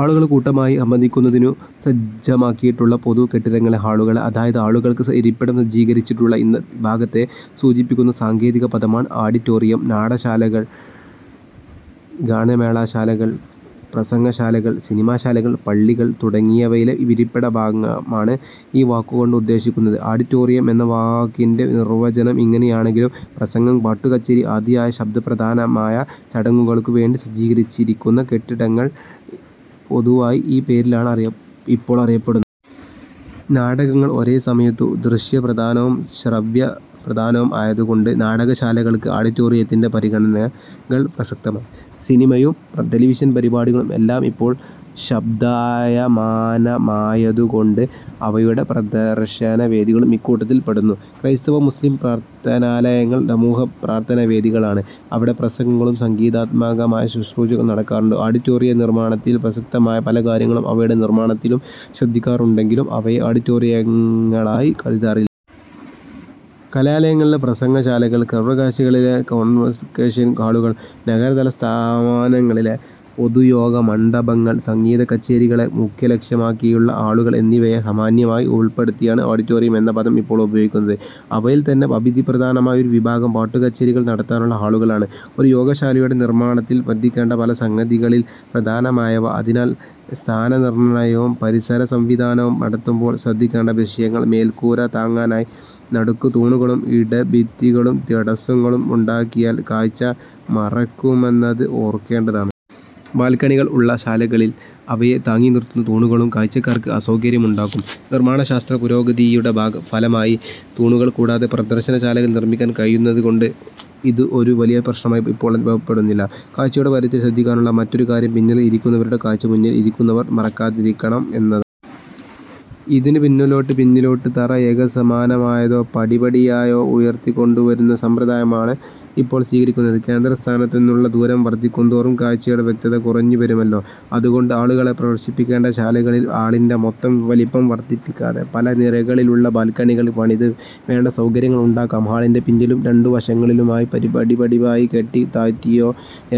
ആളുകൾ കൂട്ടമായി സംബന്ധിക്കുന്നതിനു സജ്ജമാക്കിയിട്ടുള്ള പൊതു കെട്ടിടങ്ങളിലെ ഹാളുകളെ അതായത് ആളുകൾക്ക് ഇരിപ്പിടം സജ്ജീകരിച്ചിട്ടുള്ള ഭാഗത്തെ സൂചിപ്പിക്കുന്ന സാങ്കേതികപദമാണ് ആഡിറ്റോറിയം. നാടകശാലകൾ, ഗാനമേളാശാലകൾ, പ്രസംഗശാലകൾ, സിനിമാശാലകൾ, പള്ളികൾ തുടങ്ങിയവയിലെ ഇരിപ്പിടഭാഗമാണ് ഈ വാക്കുകൊണ്ട് ഉദ്ദേശിക്കുന്നത്. ആഡിറ്റോറിയം എന്ന വാക്കിന്റെ നിർവചനം ഇങ്ങനെയാണെങ്കിലും, പ്രസംഗം, പാട്ടുകച്ചേരി ആദിയായ ശബ്ദപ്രധാനമായ ചടങ്ങുകൾക്കു വേണ്ടി സജ്ജീകരിച്ചിരിക്കുന്ന കെട്ടിടങ്ങൾ പൊതുവായി ഈ പേരിലാണ് ഇപ്പോൾ അറിയപ്പെടുന്നത്. നാടകങ്ങൾ ഒരേ സമയത്തു ദൃശ്യപ്രധാനവും ശ്രവ്യപ്രധാനവും ആയതുകൊണ്ട് നാടകശാലകൾക്ക് ആഡിറ്റോറിയത്തിന്റെ പരിഗണനകൾ പ്രസക്തമാണ്. സിനിമയും ടെലിവിഷൻ പരിപാടികളും എല്ലാം ഇപ്പോൾ ശബ്ദായമാനമായതുകൊണ്ട് അവയുടെ പ്രദർശനവേദികളും ഇക്കൂട്ടത്തിൽപ്പെടുന്നു. ക്രൈസ്തവ-മുസ്ലിം പ്രാർഥനാലയങ്ങൾ സമൂഹപ്രാർഥനാവേദികളാണ്. അവിടെ പ്രസംഗങ്ങളും സംഗീതാത്മകമായ ശുശ്രൂഷകളും നടക്കാറുണ്ട്. ആഡിറ്റോറിയനിർമ്മാണത്തിൽ പ്രസക്തമായ പല കാര്യങ്ങളും അവയുടെ നിർമ്മാണത്തിലും ശ്രദ്ധിക്കാനുണ്ടെങ്കിലും അവയെ ആഡിറ്റോറിയങ്ങളായി കരുതാറില്ല. കലാലയങ്ങളിലെ പ്രസംഗശാലകൾ, സർവകലാശാലകളിലെ കോൺവൊക്കേഷൻ ഹാളുകൾ, നഗരതലസ്ഥാനങ്ങളിലെ പൊതുയോഗമണ്ഡപങ്ങൾ, സംഗീതക്കച്ചേരികളെ മുഖ്യലക്ഷ്യമാക്കിയുള്ള ഹാളുകൾ എന്നിവയെ സാമാന്യമായി ഉൾപ്പെടുത്തിയാണ് ആഡിറ്റോറിയം എന്ന പദം ഇപ്പോൾ ഉപയോഗിക്കപ്പെടുന്നത്. അവയിൽത്തന്നെ അതിപ്രധാനമായ ഒരു വിഭാഗം പാട്ടുകച്ചേരികൾ നടത്താനുള്ള ഹാളുകളാണ്. ഒരു യോഗശാലയുടെ നിർമ്മാണത്തിൽ ശ്രദ്ധിക്കേണ്ട പല സംഗതികളിൽ പ്രധാനമായവ, അതിനാൽ സ്ഥാനനിർണയവും പരിസരസംവിധാനവും നടത്തുമ്പോൾ ശ്രദ്ധിക്കേണ്ട വിഷയങ്ങൾ മേൽക്കൂര താങ്ങാനായി നടുക്ക് തൂണുകളും ഇടഭിത്തികളും തടസ്സങ്ങളും ഉണ്ടാക്കിയാൽ കാഴ്ച മറയ്ക്കുമെന്നത് ഓർക്കേണ്ടതാണ്. ബാൽക്കണികൾ ഉള്ള ശാലകളിൽ അവയെ താങ്ങിനിർത്തുന്ന തൂണുകളും കാഴ്ചക്കാർക്ക് അസൌകര്യം ഉണ്ടാക്കും. നിർമ്മാണശാസ്ത്രപുരോഗതിയുടെ ഫലമായി തൂണുകൾ കൂടാതെ പ്രദർശനശാലകൾ നിർമ്മിക്കാൻ കഴിയുന്നതുകൊണ്ട് ഇത് ഒരു വലിയ പ്രശ്നമായി ഇപ്പോൾ അനുഭവപ്പെടുന്നില്ല. കാഴ്ചയുടെ കാര്യത്തിൽ ശ്രദ്ധിക്കാനുള്ള മറ്റൊരു കാര്യം പിന്നിൽ ഇരിക്കുന്നവരുടെ കാഴ്ച മുന്നിൽ ഇരിക്കുന്നവർ മറയ്ക്കാതിരിക്കണം എന്നതാണ്. ഇതിനു പിന്നിലോട്ട് പിന്നിലോട്ട് തറ ഏകസമാനമായോ പടിപടിയായോ ഉയർത്തിക്കൊണ്ടു വരുന്ന സമ്പ്രദായമാണ് ഇപ്പോൾ സ്വീകരിക്കുന്നത്. കേന്ദ്രസ്ഥാനത്തുനിന്നുള്ള ദൂരം വർധിക്കുന്തോറും കാഴ്ചയുടെ വ്യക്തത കുറഞ്ഞുവരുമല്ലോ. അതുകൊണ്ട് ആളുകളെ പ്രവേശിപ്പിക്കേണ്ട ശാലകളിൽ ഹാളിന്റെ മൊത്തം വലിപ്പം വർധിപ്പിക്കാതെ, പല നിരകളിലുള്ള ബാൽക്കണികൾ പണിത് വേണ്ട സൌകര്യങ്ങൾ ഉണ്ടാക്കാം. ഹാളിന്റെ പിന്നിലും രണ്ടു വശങ്ങളിലുമായി പടിപടിയായി കെട്ടി താഴ്ത്തിയോ,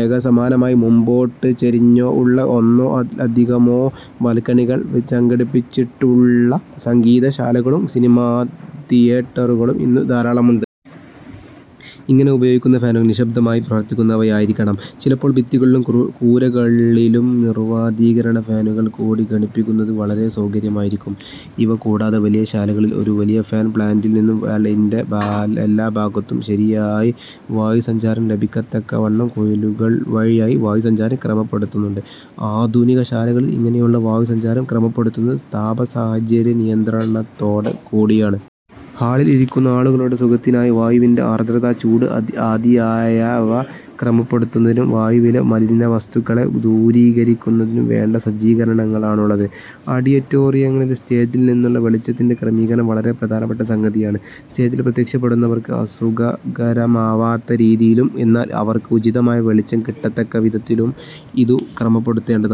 ഏകസമാനമായി മുമ്പോട്ട് ചരിഞ്ഞോ ഉള്ള ഒന്നോ അതിലധികമോ ബാൽക്കണികൾ സംഘടിപ്പിച്ചിട്ടുള്ള സംഗീതശാലകളും സിനിമാതിയെറ്ററുകളും ഇന്നു ധാരാളമുണ്ട്. ഇങ്ങനെ ഉപയോഗിക്കുന്ന ഫാനുകൾ നിശ്ശബ്ദമായി പ്രവർത്തിക്കുന്നവയായിരിക്കണം. ചിലപ്പോൾ ഭിത്തികളിലും കൂരകളിലും നിർവാതീകരണഫാനുകൾ കൂടി ഘടിപ്പിക്കുന്നത് വളരെ സൗകര്യമായിരിക്കും. ഇവ കൂടാതെ വലിയ ശാലകളിൽ ഒരു വലിയ ഫാൻ പ്ലാന്റിൽ നിന്നും ഹാളിന്റെ എല്ലാഭാഗത്തും ശരിയായി വായുസഞ്ചാരം ലഭിക്കത്തക്കവണ്ണം കുഴലുകൾവഴിയായി വായുസഞ്ചാരം ക്രമപ്പെടുത്തുന്നുണ്ട്. ആധുനികശാലകളിൽ ഇങ്ങനെയുള്ള വായുസഞ്ചാരം ക്രമപ്പെടുത്തുന്നത് താപസാഹചര്യനിയന്ത്രണത്തോടുകൂടിയാണ്. ഹാളിൽ ഇരിക്കുന്ന ആളുകളുടെ സുഖത്തിനായി വായുവിന്റെ ആർദ്രത, ചൂട് ആദിയായവ ക്രമപ്പെടുത്തുന്നതിനും വായുവിലെ മലിനവസ്തുക്കളെ ദൂരീകരിക്കുന്നതിനും വേണ്ട സജ്ജീകരണങ്ങളാണുള്ളത്. ആഡിറ്റോറിയങ്ങളിൽ സ്റ്റേജിൽ നിന്നുള്ള വെളിച്ചത്തിന്റെ ക്രമീകരണം വളരെ പ്രധാനപ്പെട്ട സംഗതിയാണ്. സ്റ്റേജിൽ പ്രത്യക്ഷപ്പെടുന്നവർക്ക് അസുഖകരമാവാത്ത രീതിയിലും, എന്നാൽ അവർക്ക് ഉചിതമായ വെളിച്ചം കിട്ടത്തക്ക വിധത്തിലും ഇതു ക്രമപ്പെടുത്തേണ്ടതാണ്.